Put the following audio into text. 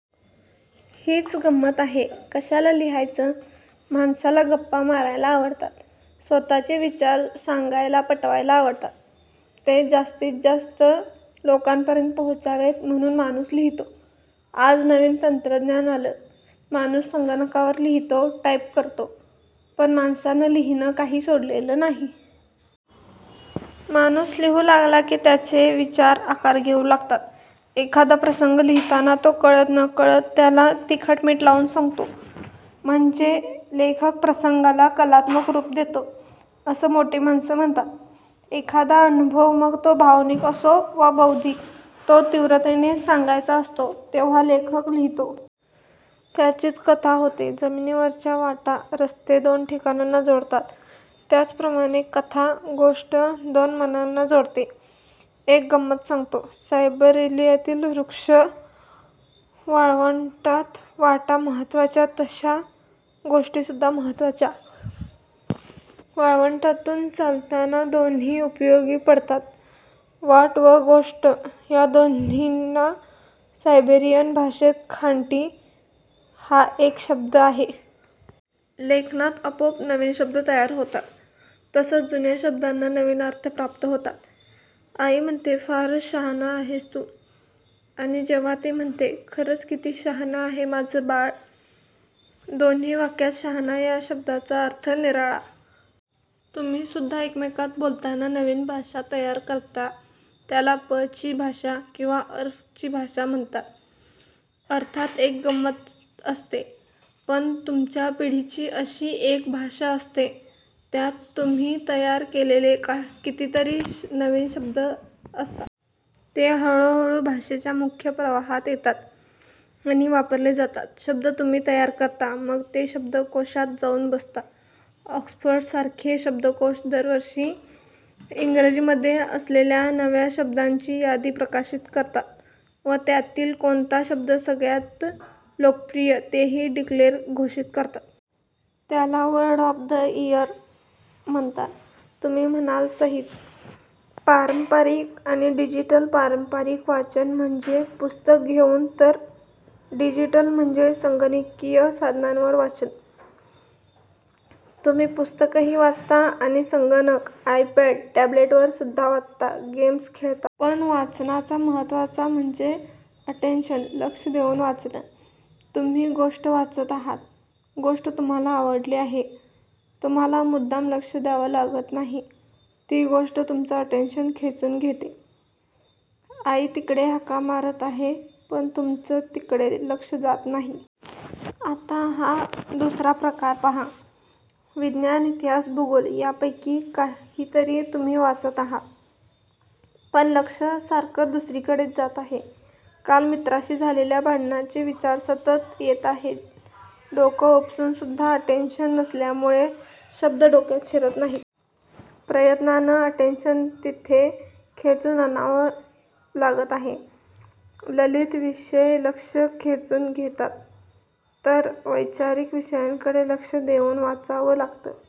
हीच गंमत आहे. कशाला लिहायचं माणसाला गप्पा मारायला आवडतात, स्वतःचे विचार सांगायला पटवायला आवडतात. ते जास्तीत जास्त लोकांपर्यंत पोहोचावेत म्हणून माणूस लिहितो. आज नवीन तंत्रज्ञान आलं, माणूस संगणकावर लिहितो, टाइप करतो. पण माणसानं लिहिणं काही सोडलेलं नाही. माणूस लिहू लागला की त्याचे विचार आकार घेऊ लागतात. एखादा प्रसंग लिहिताना तो कळतं नकळत त्याला तिखटमिठ लावून सांगतो. म्हणजे लेखक प्रसंगाला 'कलात्मक रूप' देतो असं मोठी माणसं म्हणतात. एखादा अनुभव मग तो भावनिक असो वा बौद्धिक तो तीव्रतेने सांगायचा असतो तेव्हा लेखक लिहितो. त्याचीच कथा होते. जमिनीवरच्या वाटा, रस्ते दोन ठिकाणांना जोडतात. त्याप्रमाणे कथा, गोष्ट दोन मनांना जोडते. एक गंमत सांगतो. सायबेरियातील रूक्ष वाळवंटात 'वाटा' महत्त्वाच्या तशा गोष्टी सुद्धा महत्त्वाच्या. वाळवंटातून चालताना दोन्ही उपयोगी पडतात. वाट व गोष्ट या दोघींना सायबेरियन भाषेत खांटी हा एकच शब्द आहे. लेखनात आपोआप नवीन शब्द तयार होतात तसंच जुन्या शब्दांना नवीन अर्थ प्राप्त होतात. आई म्हणते 'फारच शहाणा आहेस तू' आणि जेव्हा ती म्हणते 'खरंच किती शहाणा' आहे माझा बाळ दोन्ही वाक्यांत 'शहाणा' या शब्दाचा अर्थ निराळा. तुम्ही सुद्धा एकमेकांत बोलताना नवीन भाषा तयार करता त्याला 'प'ची भाषा किंवा 'अर्फ'ची भाषा म्हणता. अर्थात ती एक गंमत असते. पण तुमच्या पिढीची अशी एक भाषा असते. त्यात तुम्ही तयार केलेले कितीतरी नवीन शब्द असतात. ते हळूहळू भाषेच्या मुख्य प्रवाहात येतात आणि वापरले जातात. शब्द तुम्ही तयार करता मग ते शब्दकोषात जाऊन बसतात. ऑक्सफर्डसारखे शब्दकोष दरवर्षी इंग्रजीमध्ये असलेल्या नव्या शब्दांची यादी प्रकाशित करतात व त्यातील कोणता शब्द सगळ्यात लोकप्रिय तेही 'डिक्लेअर' घोषित करतात. त्याला 'वर्ड ऑफ द इयर' म्हणतात. तुम्ही म्हणाल 'सहीच'!पारंपरिक आणि डिजिटल पारंपरिक वाचन म्हणजे पुस्तक घेऊन तर डिजिटल म्हणजे संगणकीय साधनांवर वाचन. तुम्ही पुस्तकंही वाचता आणि संगणक, आयपॅड, टॅब्लेटवर सुद्धा वाचता, गेम्स खेळता. पण वाचनाचा महत्त्वाचा म्हणजे 'अटेंशन' लक्ष देऊन वाचणं. तुम्ही गोष्ट वाचत आहात. गोष्ट तुम्हाला आवडली आहे. तुम्हाला मुद्दाम लक्ष द्यावं लागत नाही. ती गोष्ट तुमचं अटेंशन खेचून घेते. आई तिकडे हाका मारत आहे पण तुमचं तिकडे लक्ष जात नाही. आता हा दुसरा प्रकार पहा. विज्ञान, इतिहास, भूगोल यांपैकी काहीतरी तुम्ही वाचत आहात. पण लक्ष सारखं दुसरीकडेच जात आहे. काल मित्राशी झालेल्या भांडणाचे विचार सतत येत आहेत. डोकं उपसून सुद्धा 'अटेंशन' नसल्यामुळे शब्द डोक्यात शिरत नाही आहेत. प्रयत्नानं 'अटेंशन' तेथे खेचून आणावं लागतं आहे. ललित विषय लक्ष खेचून घेतात तर वैचारिक विषयाकडे लक्ष देऊन वाचावं लागतं.